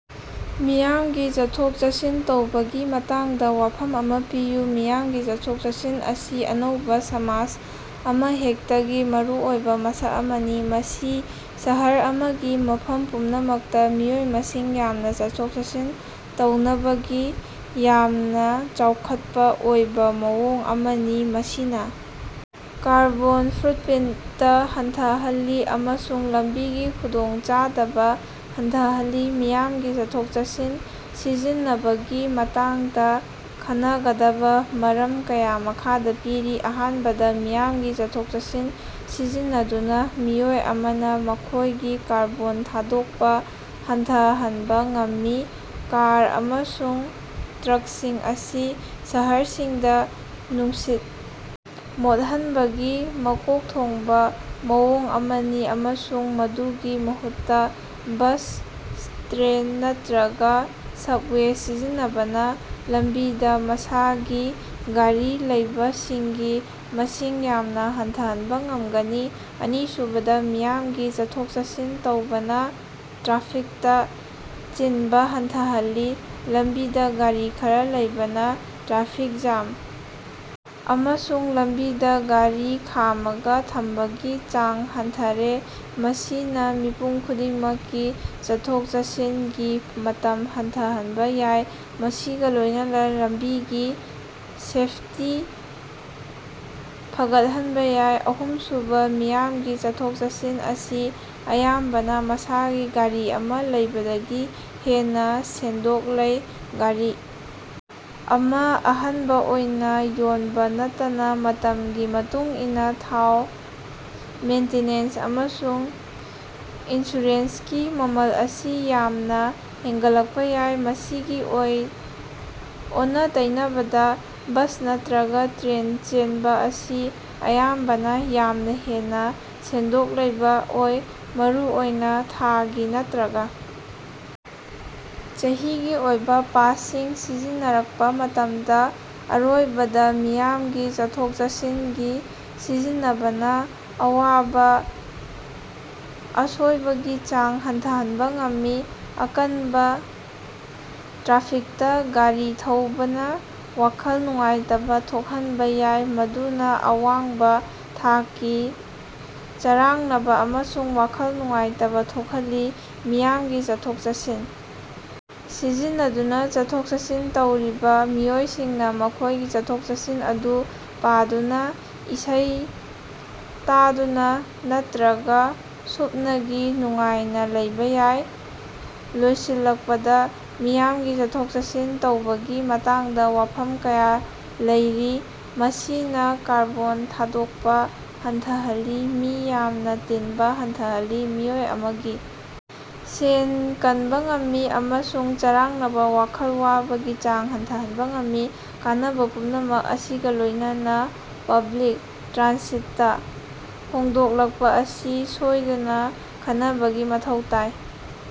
ꯃꯤꯌꯥꯝꯒꯤ ꯆꯠꯊꯣꯛ ꯆꯠꯁꯤꯟ ꯇꯧꯕꯒꯤ ꯃꯇꯥꯡꯗ ꯋꯥꯐꯝ ꯑꯃ ꯄꯤꯌꯨ꯫ ꯃꯤꯌꯥꯝꯒꯤ ꯆꯠꯊꯣꯛ-ꯆꯠꯁꯤꯟ ꯑꯁꯤ ꯑꯅꯧꯕ ꯁꯃꯥꯖ ꯑꯃꯍꯦꯛꯇꯒꯤ ꯃꯔꯨꯑꯣꯏꯕ ꯃꯁꯛ ꯑꯃꯅꯤ꯫ ꯃꯁꯤ ꯁꯍꯔ ꯑꯃꯒꯤ ꯃꯐꯝ ꯄꯨꯝꯅꯃꯛꯇ ꯃꯤꯑꯣꯏ ꯃꯁꯤꯡ ꯌꯥꯝꯅ ꯆꯠꯊꯣꯛ-ꯆꯠꯁꯤꯟ ꯇꯧꯅꯕꯒꯤ ꯌꯥꯝꯅ ꯆꯥꯎꯈꯠꯄ ꯑꯣꯏꯕ ꯃꯑꯣꯡ ꯑꯃꯅꯤ ꯃꯁꯤꯅ ꯀꯥꯔꯕꯣꯟ ꯐꯨꯠꯄ꯭ꯔꯤꯟꯇ ꯍꯟꯊꯍꯜꯂꯤ ꯑꯃꯁꯨꯡ ꯂꯝꯕꯤꯒꯤ ꯈꯨꯗꯣꯡꯆꯥꯗꯕ ꯍꯟꯊꯍꯜꯂꯤ꯫ ꯃꯤꯌꯥꯝꯒꯤ ꯆꯠꯊꯣꯛ-ꯆꯠꯁꯤꯟ ꯁꯤꯖꯤꯟꯅꯕꯒꯤ ꯃꯇꯥꯡꯗ ꯈꯟꯅꯒꯗꯕ ꯃꯔꯝ ꯀꯌꯥ ꯃꯈꯥꯗ ꯄꯤꯔꯤ꯫ ꯑꯍꯥꯟꯕꯗ ꯃꯤꯌꯥꯝꯒꯤ ꯆꯠꯊꯣꯛ-ꯆꯠꯁꯤꯟ ꯁꯤꯖꯤꯟꯅꯗꯨꯅ ꯃꯤꯑꯣꯏ ꯑꯃꯅ ꯃꯈꯣꯢꯒꯤ ꯀꯥꯔꯕꯣꯟ ꯊꯥꯗꯣꯛꯄ ꯍꯟꯊꯍꯟꯕ ꯉꯝꯃꯤ꯫ ꯀꯥꯔ ꯑꯃꯁꯨꯡ ꯇ꯭ꯔꯛꯁꯤꯡ ꯑꯁꯤ ꯁꯍꯔꯁꯤꯡꯗ ꯅꯨꯡꯁꯤꯠ ꯃꯣꯠꯍꯟꯕꯒꯤ ꯃꯀꯣꯛ ꯊꯣꯡꯕ ꯃꯑꯣꯡ ꯑꯃꯅꯤ ꯑꯃꯁꯨꯡ ꯃꯗꯨꯒꯤ ꯃꯍꯨꯠꯇꯥ ꯕꯁ, ꯇ꯭ꯔꯦꯟ ꯅꯠꯇ꯭ꯔꯒ ꯁꯕꯋꯦ ꯁꯤꯖꯤꯟꯅꯕꯅ ꯂꯝꯕꯤꯗ ꯃꯁꯥꯒꯤ ꯒꯥꯔꯤꯂꯩꯕꯁꯤꯡꯒꯤ ꯃꯁꯤꯡ ꯌꯥꯝꯅ ꯍꯟꯊꯍꯟꯕ ꯉꯝꯒꯅꯤ꯫ ꯑꯅꯤꯁꯨꯕꯗ ꯃꯤꯌꯥꯝꯒꯤ ꯆꯠꯊꯣꯛ-ꯆꯠꯁꯤꯟ ꯇꯧꯕꯅꯥ ꯇ꯭ꯔꯥꯐꯤꯛꯇ ꯆꯤꯟꯕ ꯍꯟꯊꯍꯜꯂꯤ꯫ ꯂꯝꯕꯤꯗꯥ ꯒꯥꯔꯤ ꯈꯔ ꯂꯩꯕꯅ ꯇ꯭ꯔꯥꯐꯤꯛ ꯖ꯭ꯌꯥꯝ ꯑꯃꯁꯨꯡ ꯂꯝꯕꯤꯗ ꯒꯔꯤ ꯈꯥꯝꯃꯒ ꯊꯝꯕꯒꯤ ꯆꯥꯡ ꯍꯟꯊꯔꯦ꯫ ꯃꯁꯤꯅꯥ ꯃꯤꯄꯨꯝ ꯈꯨꯗꯤꯡꯃꯛꯀꯤ ꯆꯠꯊꯣꯛ-ꯆꯠꯁꯤꯟꯒꯤ ꯃꯇꯝ ꯍꯟꯊꯍꯟꯕꯥ ꯌꯥꯏ ꯃꯁꯤꯒꯥ ꯂꯣꯢꯅꯅꯥ ꯂꯝꯕꯤꯒꯤ ꯁꯦꯐꯇꯤ ꯐꯒꯠꯍꯟꯕ ꯌꯥꯏ꯫ ꯑꯍꯨꯝꯁꯨꯕ ꯃꯤꯌꯥꯝꯒꯤ ꯆꯠꯊꯣꯛ-ꯆꯠꯁꯤꯟ ꯑꯁꯤ ꯑꯌꯥꯝꯕꯅ ꯃꯁꯥꯒꯤ ꯒꯔꯤ ꯑꯃ ꯂꯩꯕꯗꯒꯤ ꯍꯦꯟꯅ ꯁꯦꯟꯗꯣꯡ ꯂꯩ꯫ ꯒꯥꯔꯤ ꯑꯃ ꯑꯍꯟꯕ ꯑꯣꯏꯅꯥ ꯌꯣꯟꯕ ꯅꯠꯇꯅ ꯃꯇꯝꯒꯤ ꯃꯇꯨꯡ ꯏꯟꯅꯥ ꯊꯥꯎ ꯃꯦꯟꯇꯦꯅꯦꯟꯁ ꯑꯃꯁꯨꯡ ꯏꯟꯁꯨꯔꯦꯟꯁꯀꯤ ꯃꯃꯜ ꯑꯁꯤ ꯌꯥꯝꯅꯥ ꯍꯦꯟꯒꯠꯂꯛꯄ ꯌꯥꯏ꯫ ꯃꯁꯤꯒꯤ ꯑꯣꯟꯅ-ꯇꯩꯅꯕꯗ ꯕꯁ ꯅꯠꯇ꯭ꯔꯒ ꯇ꯭ꯔꯦꯟ ꯆꯦꯟꯕ ꯑꯁꯤ ꯑꯌꯥꯝꯕꯅ ꯌꯥꯝꯅ ꯍꯦꯟꯅ ꯁꯦꯟꯗꯣꯡ ꯂꯩꯕꯥ ꯑꯣꯏ ꯃꯔꯨꯑꯣꯏꯅ ꯊꯥꯒꯤ ꯅꯠꯇ꯭ꯔꯒ ꯆꯍꯤꯒꯤ ꯑꯣꯏꯕꯥ ꯄꯥꯁꯁꯤꯡ ꯁꯤꯖꯤꯟꯅꯔꯛꯄ ꯃꯇꯝꯗ꯫ ꯑꯔꯣꯏꯕꯗ ꯃꯤꯌꯥꯝꯒꯤ ꯆꯠꯊꯣꯛ ꯆꯠꯁꯤꯟꯒꯤ ꯁꯤꯖꯤꯟꯅꯕꯅ ꯑꯋꯥꯕ ꯑꯁꯣꯏꯕꯒꯤ ꯆꯥꯡ ꯍꯟꯊꯍꯟꯕ ꯉꯝꯃꯤ꯫ ꯑꯀꯟꯕ ꯇ꯭ꯔꯥꯐꯤꯛꯇꯥ ꯒꯥꯔꯤ ꯊꯧꯕꯅ ꯋꯥꯈꯜ ꯅꯨꯡꯉꯥꯏꯇꯕ ꯊꯣꯛꯍꯟꯕ ꯌꯥꯏ ꯃꯗꯨꯅ ꯑꯋꯥꯡꯕ ꯊꯥꯛꯀꯤ ꯆꯔꯥꯡꯅꯕ ꯑꯃꯁꯨꯡ ꯋꯥꯈꯜ ꯅꯨꯡꯉꯥꯏꯇꯕ ꯊꯣꯛꯍꯜꯂꯤ꯫ ꯃꯤꯌꯥꯝꯒꯤ ꯆꯠꯊꯣꯛ-ꯆꯠꯁꯤꯟ ꯁꯤꯖꯤꯟꯅꯗꯨꯅ ꯆꯠꯊꯣꯛ-ꯆꯠꯁꯤꯟ ꯇꯧꯔꯤꯕ ꯃꯤꯑꯣꯏꯁꯤꯡꯅ ꯃꯈꯣꯢꯒꯤ ꯆꯠꯊꯣꯛ-ꯆꯠꯁꯤꯟ ꯑꯗꯨ ꯄꯥꯗꯨꯅ ꯏꯁꯩ ꯇꯥꯗꯨꯅ ꯅꯠꯇ꯭ꯔꯒ ꯁꯨꯞꯅꯒꯤ ꯅꯨꯡꯉꯥꯏꯅꯥ ꯂꯩꯕꯥ ꯌꯥꯏ꯫ ꯂꯣꯏꯁꯤꯜꯂꯛꯄꯗꯥ ꯃꯤꯌꯥꯝꯒꯤ ꯆꯠꯊꯣꯛ-ꯆꯠꯁꯤꯟ ꯇꯧꯕꯒꯤ ꯃꯇꯥꯡꯗꯥ ꯋꯥꯐꯝ ꯀꯌꯥ ꯂꯩꯔꯤ꯫ ꯃꯁꯤꯅꯥ ꯀꯥꯔꯕꯣꯟ ꯊꯥꯗꯣꯛꯄꯥ ꯍꯟꯊꯍꯜꯂꯤ ꯃꯤ ꯌꯥꯝꯅ ꯇꯤꯟꯕꯥ ꯍꯟꯊꯍꯜꯂꯤ ꯃꯤꯑꯣꯏ ꯑꯃꯒꯤ ꯁꯦꯟ ꯀꯟꯕꯥ ꯉꯝꯃꯤ ꯑꯃꯁꯨꯡ ꯆꯔꯥꯡꯅꯕ ꯋꯥꯈꯜ ꯋꯥꯕꯒꯤ ꯆꯥꯡ ꯍꯟꯊꯍꯟꯕꯥ ꯉꯝꯃꯤ꯫ ꯀꯥꯟꯅꯕ ꯄꯨꯝꯅꯃꯛ ꯑꯁꯤꯒꯥ ꯂꯣꯢꯅꯅꯥ ꯄꯕ꯭ꯂꯤꯛ ꯇ꯭ꯔꯥꯟꯁꯤꯠꯇꯥ ꯍꯣꯡꯗꯣꯛꯂꯛꯄꯥ ꯑꯁꯤ ꯁꯣꯏꯗꯅ ꯈꯟꯅꯕꯒꯤ ꯃꯊꯧ ꯇꯥꯏ꯫